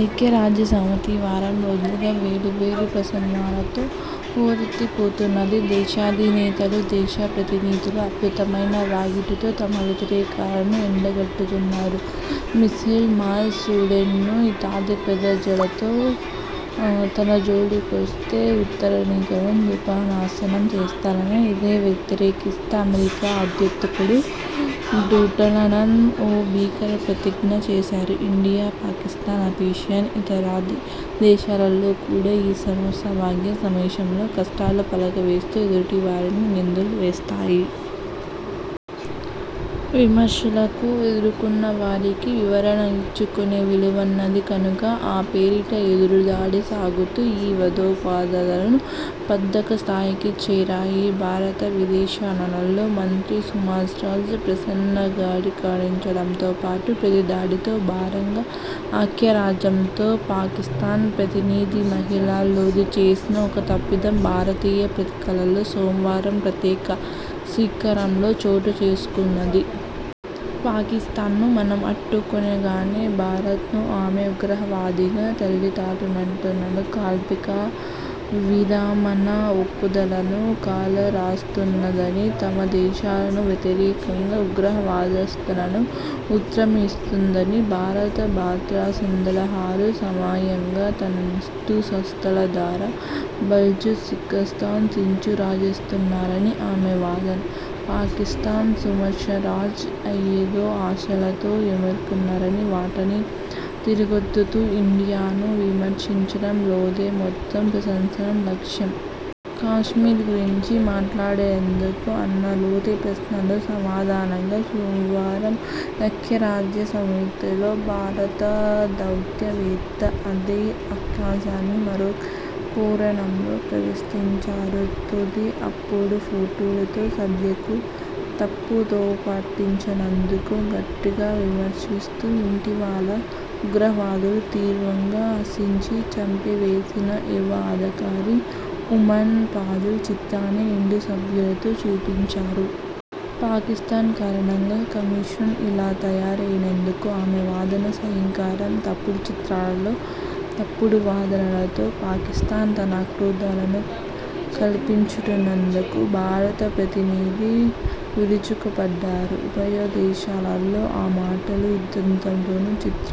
ఐక్యరాజ్యసమితి వారంరోజులుగా వాడీవేడి ప్రసంగాలతో హోరెత్తిపోతున్నది. దేశాధినేతలు, దేశాల ప్రతినిధులు అద్భుతమైన వాగ్ధాటితో తమ వ్యతిరేకులను ఎండగడుతున్నారు. మిసైల్ మ్యాన్, సూసైడ్ ఇత్యాది పదజాలంతో తనజోలికొస్తే ఉత్తరకొరియాను దుంపనాశనం చేస్తానని ఇదే వేదికపై అమెరికా అధ్యక్షుడు డొనాల్డ్ట్రంప్ ఓ భీకర ప్రతిజ్ఞ చేశారు. ఇండియా, పాకిస్థాన్, అఫ్ఘానిస్థాన్ ఇత్యాది దేశాలు కూడా ఈ సర్వసభ్య సమావేశంలో కష్టాలు వల్లెవేస్తూ ఎదుటివారిపై నిందలూ వేశాయి. విమర్శలు ఎదుర్కొన్నవారికి వివరణనిచ్చుకొనే వీలున్నది కనుక ఆ పేరిట ఎదురుదాడి సాగుతూ ఈ వాదోపవాదాలు పతాకస్థాయికి చేరాయి. భారత విదేశవ్యవహారాల మంత్రి సుష్మాస్వరాజ్ ప్రసంగాన్నిఖండించడంతోపాటు, ప్రతిదాడిలో భాగంగా ఐక్యరాజ్యసమితిలో పాకిస్థాన్ ప్రతినిధి మలీహా లోథీ చేసిన ఒక తప్పిదం భారతదేశ పత్రికల్లో సోమవారం పతాక శీర్షికల్లో చోటుచేసుకుంది. పాకిస్థాన్ను మనం అంటున్నట్టుగానే భారత్ను ఆమె ఉగ్రవాదానికి తల్లిలాంటిదన్నారు. కాల్పుల విరమణ ఒప్పందాలను కాలరాస్తున్నదనీ, తమదేశానికి వ్యతిరేకంగా ఉగ్రవాదసంస్థలకు ఊతమిస్తున్నదనీ, భారత భద్రతాసలహాదారు స్వయంగా తన నిఘా సంస్థలద్వారా బలూచిస్థాన్లో చిచ్చురాజేస్తున్నారనీ ఆమె వాదన. పాకిస్థాన్ను సుష్మాస్వరాజ్ ఏయే అంశాలతో విమర్శించారో వాటినే తిరిగిరుద్దుతూ ఇండియాను విమర్శించడం లోథీ మొత్తం ప్రసంగం లక్ష్యం. కశ్మీర్ గురించి మాట్లాడరెందుకు అన్న లోధీ ప్రశ్నకు సమాధానంగా, సోమవారం ఐక్యరాజ్యసమితిలో భారత దౌత్యవేత్త అదే అంశాన్ని మరో కోణంలో ప్రస్తావించారు. లోథీ తప్పుడు ఫోటోతో సభను తప్పుదోవపట్టించినందుకు ఘాటుగా విమర్శిస్తూ, ఇటీవల ఉగ్రవాదులు తీవ్రంగా హింసించి చంపివేసిన యువ అధికారి ఉమర్ ఫయాజ్ చిత్రాన్ని నిండు సభలో చూపించారు. పాకిస్థాన్ కారణంగా కశ్మీర్ ఇలా తయారైందని ఆమె వాదన సారాంశం. తప్పుడు చిత్రాలతో, తప్పుడు వాదనలతో పాకిస్థాన్ తన అకృత్యాలను కప్పిపుచ్చుకుంటున్నదని భారత ప్రతినిధి విరుచుకుపడ్డారు. ఉభయదేశాలూ ఈ మాటల యుద్ధంతోనూ, చిత్ర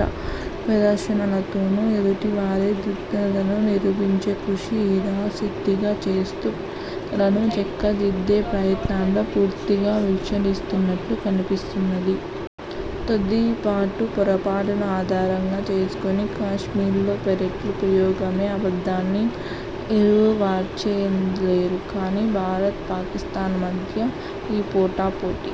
ప్రదర్శనలతోనూ ఎదుటివారిని దుష్టులను నిరూపించే కృషి యథాశక్తిగా చేస్తూ, పరిస్థితులను చక్కదిద్దే ప్రయత్నాలను పూర్తిగా విస్మరిస్తున్నట్టు కనిపిస్తున్నది. లోధీ ఫోటో పొరపాటును ఆధారంగా చేసుకొని కశ్మీర్లో పెల్లెట్ల ప్రయోగమే అబద్ధమని ఎవరూ వాదించలేరు. కానీ, భారత్ పాకిస్థాన్ మధ్య ఈ పోటాపోటీ